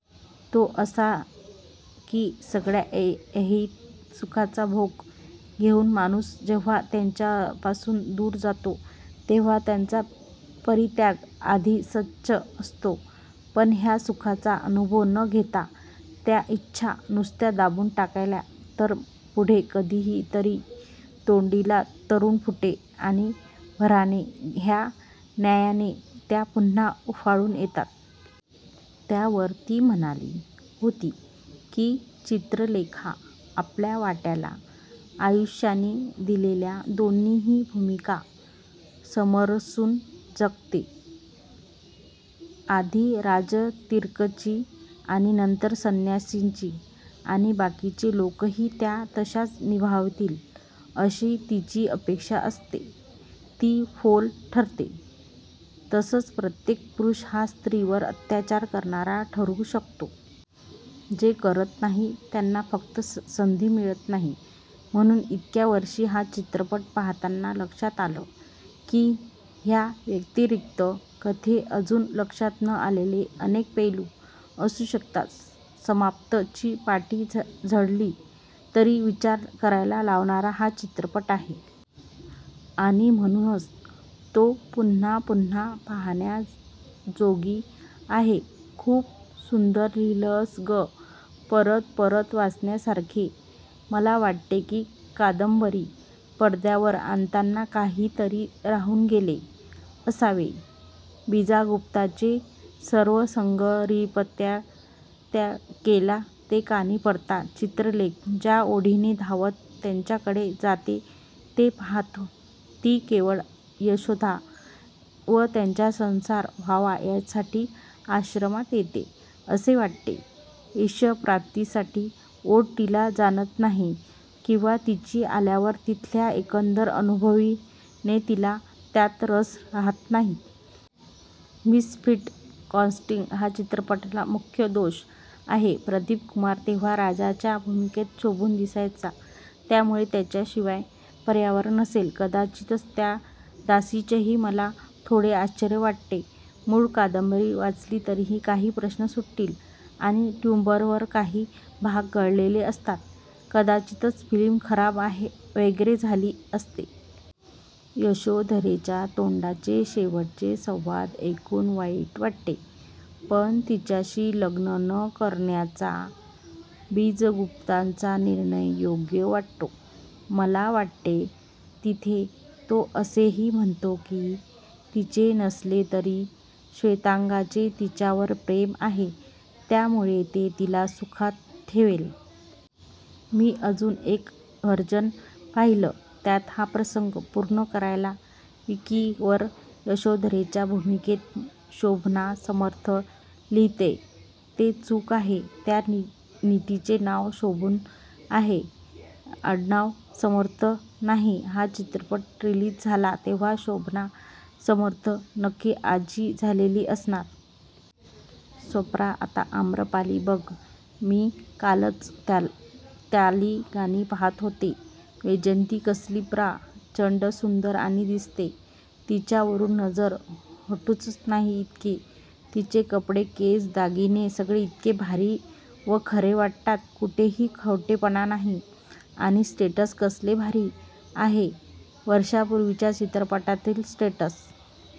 तो असा की सगळ्या ऐहिक सुखांचा भोग घेऊन माणूस जेव्हा त्यांच्यापासून दूर जातो तेव्हा त्याचा परित्याग अधिक सच्चा असतो. पण ह्या सुखांचा अनुभव न घेता त्या इच्छा नुसत्या दाबून टाकल्या तर पुढे कधीतरी 'की तोडीला तरु फुटे आणखी भराने' ह्या न्यायाने त्या पुन्हा उफाळून येतात. त्यावर ती म्हणाली होती की चित्रलेखा आपल्या वाट्याला आयुष्याने दिलेल्या दोन्ही भूमिका समरसून जगते आधी राजनर्तकीची आणि नंतर संन्यासिनीची. आणि बाकीचे लोकही त्या तश्याच निभावतील अशी तिची अपेक्षा असते जी फोल ठरते. तसंच प्रत्येक पुरुष हा स्त्रीवर अत्याचार करणारा ठरू शकतो. जे करत नाहीत त्यांना फक्त संधी मिळत नाही म्हणून. इतक्या वर्षांनी हा चित्रपट पाहताना लक्षात आलं की ह्याव्यतिरिक्त कथेचे अजून लक्षात न आलेले अनेक पैलू असू शकतात. 'समाप्त' ची पाटी झळकली तरी विचार करायला लावणारा हा चित्रपट आहे. आणि म्हणूनच तो पुन्हापुन्हा पाहण्याजोगा आहे. खूप सुंदर लिहिलंस गं.. परत परत वाचण्यासारखे. मला वाटते की कादंबरी पडद्यावर आणताना काहीतरी राहून गेले असावे. बीजगुप्ताने सर्वसंगपरित्याग केला हे कानी पडताच चित्रलेखा ज्या ओढीने धावत त्याच्याकडे जाते ते पाहता ती केवळ यशोधरा व त्याचा संसार व्हावा यासाठी आश्रमात येते असे वाटते, ईश्प्राप्तीची ओढ तिला आणत नाही किंवा तिथे आल्यावर तिथल्या एकंदर अनुभवाने तिला त्यात रस राहत नाही.. मिसफीट कास्टिंग हा चित्रपटातला मुख्य दोष आहेच. प्रदीपकुमार तेव्हा राजांच्या भूमिकेत शोभून दिसायचा, त्यामुळे त्याच्याशिवाय पर्याय नसेल कदाचित. त्या दासीचेही मला थोडे आश्चर्य वाटले. मूळ कादंबरी वाचली तर काही प्रश्न सुटतील. आणि युट्युबवर काही भाग गाळलेले असतात, कदाचित फिल्म खराब वगैरे झालेली असते. यशोधरेच्या तोंडचे शेवटचे संवाद ऐकून वाईट वाटते. पण तिच्याशी लग्न न करण्याचा बीजगुप्ताचा निर्णय योग्य वाटतो. मला वाटते तिथे तो असेही म्हणतो की तिचे नसले तरी श्वेतांगचे तिच्यावर प्रेम आहे, त्यामुळे तो तिला सुखात ठेवेल. मी अजून एक व्हर्जन पाहीली त्यात हा प्रसंग पूर्ण कापलाय. विकीवर यशोधरेच्या भूमिकेत शोभना समर्थ लिहिलेय ते चूक आहे. त्या नटीचे नाव शोभना आहे, आडनाव समर्थ नाही. हा चित्रपट रिलीज झाला तेव्हा शोभना समर्थ नक्कीच आजी झालेली असणार. स्वप्ना, आता आम्रपाली बघ. मी कालच त्यातली गाणी पाहत होते. वैजयंती कसली प्र चं ड सुंदर आणि दिसते, तिच्यावरून नजर हटुच नाही इतकी. तिचे कपडे, केस, दागिने सगळे इतके भारी व खरे वाटतात, कुठेही खोटेपणा नाही. आणि सेट्स कसले भारी आहेत वर्षांपूर्वीच्या या चित्रपटातील सेट्स